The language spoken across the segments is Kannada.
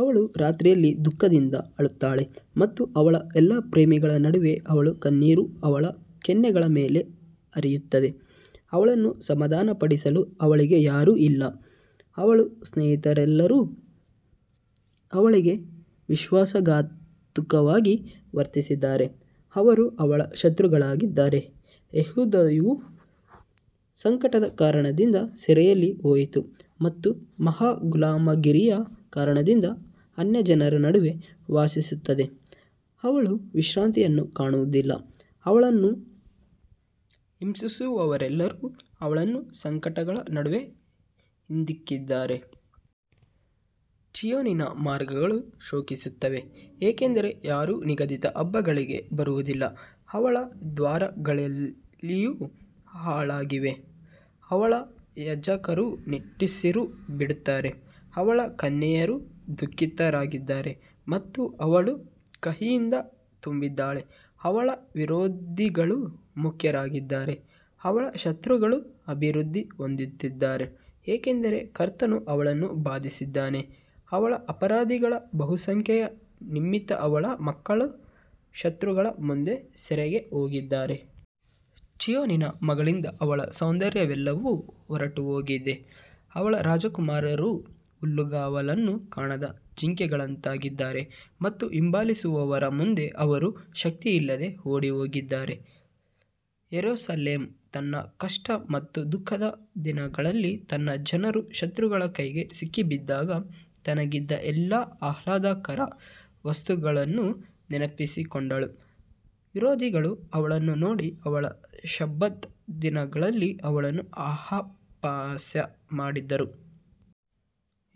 ಅವಳು ರಾತ್ರಿಯಲ್ಲಿ ದುಃಖದಿಂದ ಅಳುತ್ತಾಳೆ ಮತ್ತು ಅವಳ ಎಲ್ಲಾ ಪ್ರೇಮಿಗಳ ನಡುವೆ ಅವಳ ಕಣ್ಣೀರು ಅವಳ ಕೆನ್ನೆಗಳ ಮೇಲೆ ಹರಿಯುತ್ತದೆ, ಅವಳನ್ನು ಸಮಾಧಾನಪಡಿಸಲು ಅವಳಿಗೆ ಯಾರೂ ಇಲ್ಲ, ಅವಳ ಸ್ನೇಹಿತರೆಲ್ಲರೂ ಅವಳಿಗೆ ವಿಶ್ವಾಸಘಾತುಕವಾಗಿ ವರ್ತಿಸಿದ್ದಾರೆ, ಅವರು ಅವಳ ಶತ್ರುಗಳಾಗಿದ್ದಾರೆ. ಯೆಹೂದವು ಸಂಕಟದ ಕಾರಣದಿಂದ ಸೆರೆಯಲ್ಲಿ ಹೋಯಿತು ಮತ್ತು ಮಹಾ ಗುಲಾಮಗಿರಿಯ ಕಾರಣದಿಂದ ಅನ್ಯಜನರ ನಡುವೆ ವಾಸಿಸುತ್ತದೆ, ಅವಳು ವಿಶ್ರಾಂತಿಯನ್ನು ಕಾಣುವುದಿಲ್ಲ, ಅವಳನ್ನು ಹಿಂಸಿಸುವವರೆಲ್ಲರೂ ಅವಳನ್ನು ಸಂಕಟಗಳ ನಡುವೆ ಹಿಂದಿಕ್ಕಿದ್ದಾರೆ. ಚೀಯೋನಿನ ಮಾರ್ಗಗಳು ಶೋಕಿಸುತ್ತವೆ, ಏಕೆಂದರೆ ಯಾರೂ ನಿಗದಿತ ಹಬ್ಬಗಳಿಗೆ ಬರುವುದಿಲ್ಲ, ಅವಳ ದ್ವಾರಗಳೆಲ್ಲವೂ ಹಾಳಾಗಿವೆ, ಅವಳ ಯಾಜಕರು ನಿಟ್ಟುಸಿರು ಬಿಡುತ್ತಾರೆ, ಅವಳ ಕನ್ಯೆಯರು ದುಃಖಿತರಾಗಿದ್ದಾರೆ ಮತ್ತು ಅವಳು ಕಹಿಯಿಂದ ತುಂಬಿದ್ದಾಳೆ. ಅವಳ ವಿರೋಧಿಗಳು ಮುಖ್ಯರಾಗಿದ್ದಾರೆ, ಅವಳ ಶತ್ರುಗಳು ಅಭಿವೃದ್ಧಿ ಹೊಂದುತ್ತಿದ್ದಾರೆ, ಏಕೆಂದರೆ ಕರ್ತನು ಅವಳನ್ನು ಬಾಧಿಸಿದ್ದಾನೆ, ಅವಳ ಅಪರಾಧಗಳ ಬಹುಸಂಖ್ಯೆಯ ನಿಮಿತ್ತ ಅವಳ ಮಕ್ಕಳು ಶತ್ರುಗಳ ಮುಂದೆ ಸೆರೆಗೆ ಹೋಗಿದ್ದಾರೆ. ಚೀಯೋನಿನ ಮಗಳಿಂದ ಅವಳ ಸೌಂದರ್ಯವೆಲ್ಲವೂ ಹೊರಟುಹೋಗಿದೆ, ಅವಳ ರಾಜಕುಮಾರರು ಹುಲ್ಲುಗಾವಲನ್ನು ಕಾಣದ ಜಿಂಕೆಗಳಂತಾಗಿದ್ದಾರೆ ಮತ್ತು ಹಿಂಬಾಲಿಸುವವರ ಮುಂದೆ ಅವರು ಶಕ್ತಿಯಿಲ್ಲದೆ ಓಡಿಹೋಗಿದ್ದಾರೆ. ಯೆರೂಸಲೇಮ್ ತನ್ನ ಕಷ್ಟ ಮತ್ತು ದುಃಖದ ದಿನಗಳಲ್ಲಿ ತನ್ನ ಜನರು ಶತ್ರುಗಳ ಕೈಗೆ ಸಿಕ್ಕಿಬಿದ್ದಾಗ ತನಗಿದ್ದ ಎಲ್ಲಾ ಆಹ್ಲಾದಕರ ವಸ್ತುಗಳನ್ನು ನೆನಪಿಸಿಕೊಂಡಳು, ವಿರೋಧಿಗಳು ಅವಳನ್ನು ನೋಡಿ ಅವಳ ಸಬ್ಬತ್ ದಿನಗಳಲ್ಲಿ ಅವಳನ್ನು ಅಪಹಾಸ್ಯ ಮಾಡಿದರು.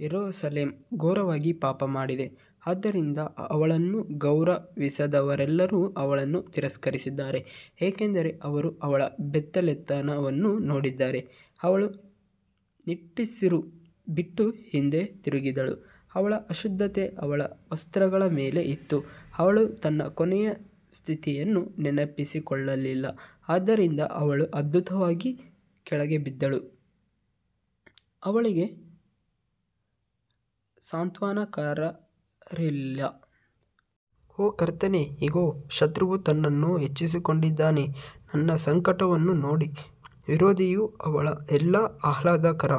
ಯೆರೂಸಲೇಮ್ ಘೋರವಾಗಿ ಪಾಪಮಾಡಿದೆ, ಆದ್ದರಿಂದ ಅವಳನ್ನು ಗೌರವಿಸಿದವರೆಲ್ಲರೂ ಅವಳನ್ನು ತಿರಸ್ಕರಿಸಿದ್ದಾರೆ, ಏಕೆಂದರೆ ಅವರು ಅವಳ ಬೆತ್ತಲೆತನವನ್ನು ನೋಡಿದ್ದಾರೆ, ಅವಳು ನಿಟ್ಟುಸಿರು ಬಿಟ್ಟು ಹಿಂದೆ ತಿರುಗಿದಳು, ಅವಳ ಅಶುದ್ಧತೆ ಅವಳ ವಸ್ತ್ರಗಳ ಮೇಲೆ ಇತ್ತು, ಅವಳು ತನ್ನ ಕೊನೆಯ ಸ್ಥಿತಿಯನ್ನು ನೆನಪಿಸಿಕೊಳ್ಳಲಿಲ್ಲ, ಆದ್ದರಿಂದ ಅವಳು ಅದ್ಭುತವಾಗಿ ಕೆಳಗೆ ಬಿದ್ದಳು, ಅವಳಿಗೆ ಸಾಂತ್ವನಕಾರರಿರಲಿಲ್ಲ. ಓ ಕರ್ತನೇ, ಇಗೋ, ಶತ್ರುವು ತನ್ನನ್ನು ಹೆಚ್ಚಿಸಿಕೊಂಡಿದ್ದಾನೆ. ನನ್ನ ಸಂಕಟವನ್ನು ನೋಡಿ, ವಿರೋಧಿಯು ಅವಳ ಎಲ್ಲಾ ಆಹ್ಲಾದಕರ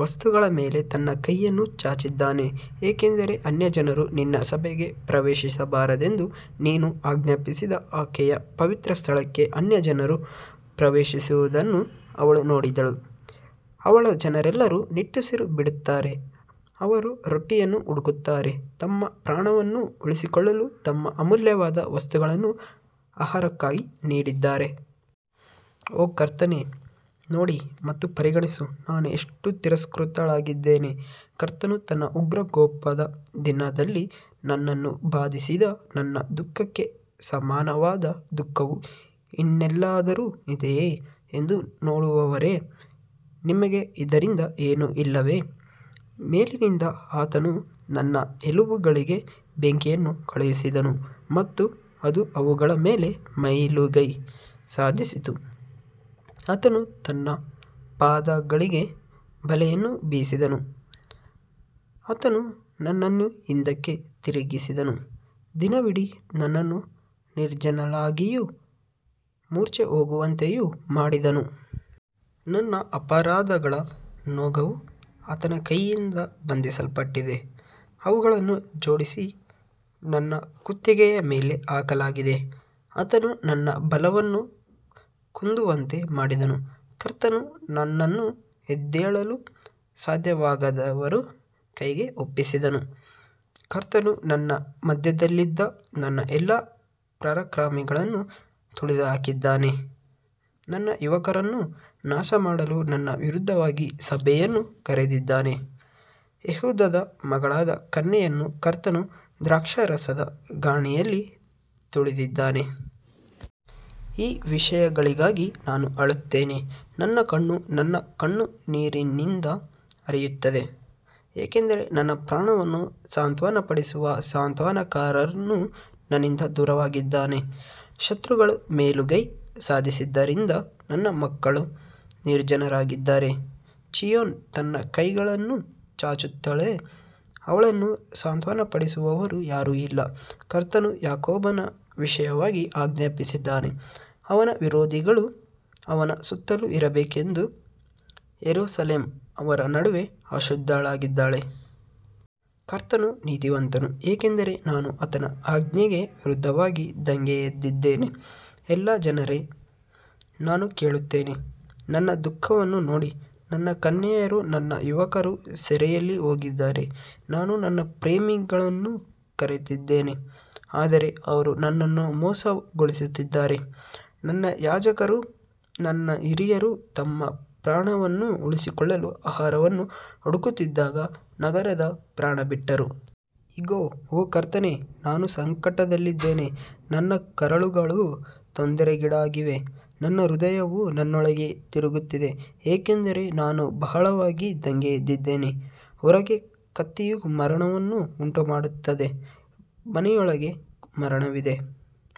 ವಸ್ತುಗಳ ಮೇಲೆ ತನ್ನ ಕೈಯನ್ನು ಚಾಚಿದ್ದಾನೆ, ಏಕೆಂದರೆ ಅನ್ಯಜನರು ನಿನ್ನ ಸಭೆಗೆ ಪ್ರವೇಶಿಸಬಾರದೆಂದು ನೀನು ಆಜ್ಞಾಪಿಸಿದ ಆಕೆಯ ಪವಿತ್ರಸ್ಥಳಕ್ಕೆ ಅನ್ಯಜನರು ಪ್ರವೇಶಿಸಿರುವುದನ್ನು ಅವಳು ನೋಡಿದಳು. ಅವಳ ಜನರೆಲ್ಲರೂ ನಿಟ್ಟುಸಿರು ಬಿಡುತ್ತಾರೆ, ಅವರು ರೊಟ್ಟಿಯನ್ನು ಹುಡುಕುತ್ತಾರೆ, ತಮ್ಮ ಪ್ರಾಣವನ್ನು ಉಳಿಸಿಕೊಳ್ಳಲು ತಮ್ಮ ಅಮೂಲ್ಯವಾದ ವಸ್ತುಗಳನ್ನು ಆಹಾರಕ್ಕಾಗಿ ನೀಡಿದ್ದಾರೆ. ಓ ಕರ್ತನೇ, ನೋಡಿ ಮತ್ತು ಪರಿಗಣಿಸು, ನಾನು ಎಷ್ಟು ತಿರಸ್ಕೃತಳಾಗಿದ್ದೇನೆ. ಕರ್ತನು ತನ್ನ ಉಗ್ರಕೋಪದ ದಿನದಲ್ಲಿ ನನ್ನನ್ನು ಬಾಧಿಸಿದ ನನ್ನ ದುಃಖಕ್ಕೆ ಸಮಾನವಾದ ದುಃಖವು ಇನ್ನೆಲ್ಲಾದರೂ ಇದೆಯೇ ಎಂದು ನೋಡುವವರೇ, ನಿಮಗೆ ಇದರಿಂದ ಏನೂ ಇಲ್ಲವೇ? ಮೇಲಿನಿಂದ ಆತನು ನನ್ನ ಎಲುಬುಗಳಿಗೆ ಬೆಂಕಿಯನ್ನು ಕಳುಹಿಸಿದನು ಮತ್ತು ಅದು ಅವುಗಳ ಮೇಲೆ ಮೇಲುಗೈ ಸಾಧಿಸಿತು, ಆತನು ನನ್ನ ಪಾದಗಳಿಗೆ ಬಲೆಯನ್ನು ಬೀಸಿದನು, ಆತನು ನನ್ನನ್ನು ಹಿಂದಕ್ಕೆ ತಿರುಗಿಸಿದನು, ದಿನವಿಡೀ ನನ್ನನ್ನು ನಿರ್ಜನಳಾಗಿಯೂ ಮೂರ್ಛೆಹೋಗುವಂತೆಯೂ ಮಾಡಿದನು. ನನ್ನ ಅಪರಾಧಗಳ ನೊಗವು ಆತನ ಕೈಯಿಂದ ಬಂಧಿಸಲ್ಪಟ್ಟಿದೆ, ಅವುಗಳನ್ನು ಜೋಡಿಸಿ ನನ್ನ ಕುತ್ತಿಗೆಯ ಮೇಲೆ ಹಾಕಲಾಗಿದೆ, ಆತನು ನನ್ನ ಬಲವನ್ನು ಕುಂದುವಂತೆ ಮಾಡಿದನು, ಕರ್ತನು ನನ್ನನ್ನು ಎದ್ದೇಳಲು ಸಾಧ್ಯವಾಗದವರ ಕೈಗೆ ಒಪ್ಪಿಸಿದನು. ಕರ್ತನು ನನ್ನ ಮಧ್ಯದಲ್ಲಿದ್ದ ನನ್ನ ಎಲ್ಲಾ ಪರಾಕ್ರಮಿಗಳನ್ನು ತುಳಿದುಹಾಕಿದ್ದಾನೆ, ನನ್ನ ಯುವಕರನ್ನು ನಾಶಮಾಡಲು ನನ್ನ ವಿರುದ್ಧವಾಗಿ ಸಭೆಯನ್ನು ಕರೆದಿದ್ದಾನೆ, ಯೆಹೂದದ ಮಗಳಾದ ಕನ್ಯೆಯನ್ನು ಕರ್ತನು ದ್ರಾಕ್ಷಾರಸದ ಗಾಣಿಯಲ್ಲಿ ತುಳಿದಿದ್ದಾನೆ. ಈ ವಿಷಯಗಳಿಗಾಗಿ ನಾನು ಅಳುತ್ತೇನೆ, ನನ್ನ ಕಣ್ಣು, ನನ್ನ ಕಣ್ಣು ನೀರಿನಿಂದ ಹರಿಯುತ್ತದೆ, ಏಕೆಂದರೆ ನನ್ನ ಪ್ರಾಣವನ್ನು ಸಾಂತ್ವನಪಡಿಸುವ ಸಾಂತ್ವನಕಾರನು ನನ್ನಿಂದ ದೂರವಾಗಿದ್ದಾನೆ, ಶತ್ರುಗಳು ಮೇಲುಗೈ ಸಾಧಿಸಿದ್ದರಿಂದ ನನ್ನ ಮಕ್ಕಳು ನಿರ್ಜನರಾಗಿದ್ದಾರೆ. ಚೀಯೋನ್ ತನ್ನ ಕೈಗಳನ್ನು ಚಾಚುತ್ತಾಳೆ, ಅವಳನ್ನು ಸಾಂತ್ವನಪಡಿಸುವವರು ಯಾರೂ ಇಲ್ಲ. ಕರ್ತನು ಯಾಕೋಬನ ವಿಷಯವಾಗಿ ಆಜ್ಞಾಪಿಸಿದ್ದಾನೆ, ಅವನ ವಿರೋಧಿಗಳು ಅವನ ಸುತ್ತಲೂ ಇರಬೇಕೆಂದು, ಯೆರೂಸಲೇಮ್ ಅವರ ನಡುವೆ ಅಶುದ್ಧಳಾಗಿದ್ದಾಳೆ. ಕರ್ತನು ನೀತಿವಂತನು, ಏಕೆಂದರೆ ನಾನು ಆತನ ಆಜ್ಞೆಗೆ ವಿರುದ್ಧವಾಗಿ ದಂಗೆಯೆದ್ದಿದ್ದೇನೆ. ಎಲ್ಲಾ ಜನರೇ, ನಾನು ಕೇಳುತ್ತೇನೆ, ನನ್ನ ದುಃಖವನ್ನು ನೋಡಿ, ನನ್ನ ಕನ್ಯೆಯರೂ ನನ್ನ ಯುವಕರೂ ಸೆರೆಯಲ್ಲಿ ಹೋಗಿದ್ದಾರೆ. ನಾನು ನನ್ನ ಪ್ರೇಮಿಗಳನ್ನು ಕರೆದಿದ್ದೇನೆ, ಆದರೆ ಅವರು ನನ್ನನ್ನು ಮೋಸಗೊಳಿಸಿದ್ದಾರೆ. ನನ್ನ ಯಾಜಕರೂ ನನ್ನ ಹಿರಿಯರೂ ತಮ್ಮ ಪ್ರಾಣವನ್ನು ಉಳಿಸಿಕೊಳ್ಳಲು ಆಹಾರವನ್ನು ಹುಡುಕುತ್ತಿದ್ದಾಗ ನಗರದಲ್ಲಿ ಪ್ರಾಣಬಿಟ್ಟರು. ಇಗೋ, ಓ ಕರ್ತನೇ, ನಾನು ಸಂಕಟದಲ್ಲಿದ್ದೇನೆ, ನನ್ನ ಕರುಳುಗಳು ತೊಂದರೆಗೀಡಾಗಿವೆ, ನನ್ನ ಹೃದಯವು ನನ್ನೊಳಗೆ ತಿರುಗುತ್ತಿದೆ, ಏಕೆಂದರೆ ನಾನು ಬಹಳವಾಗಿ ದಂಗೆಯೆದ್ದಿದ್ದೇನೆ. ಹೊರಗೆ ಕತ್ತಿಯು ಮರಣವನ್ನು ಉಂಟುಮಾಡುತ್ತದೆ, ಮನೆಯೊಳಗೆ ಮರಣವಿದೆ.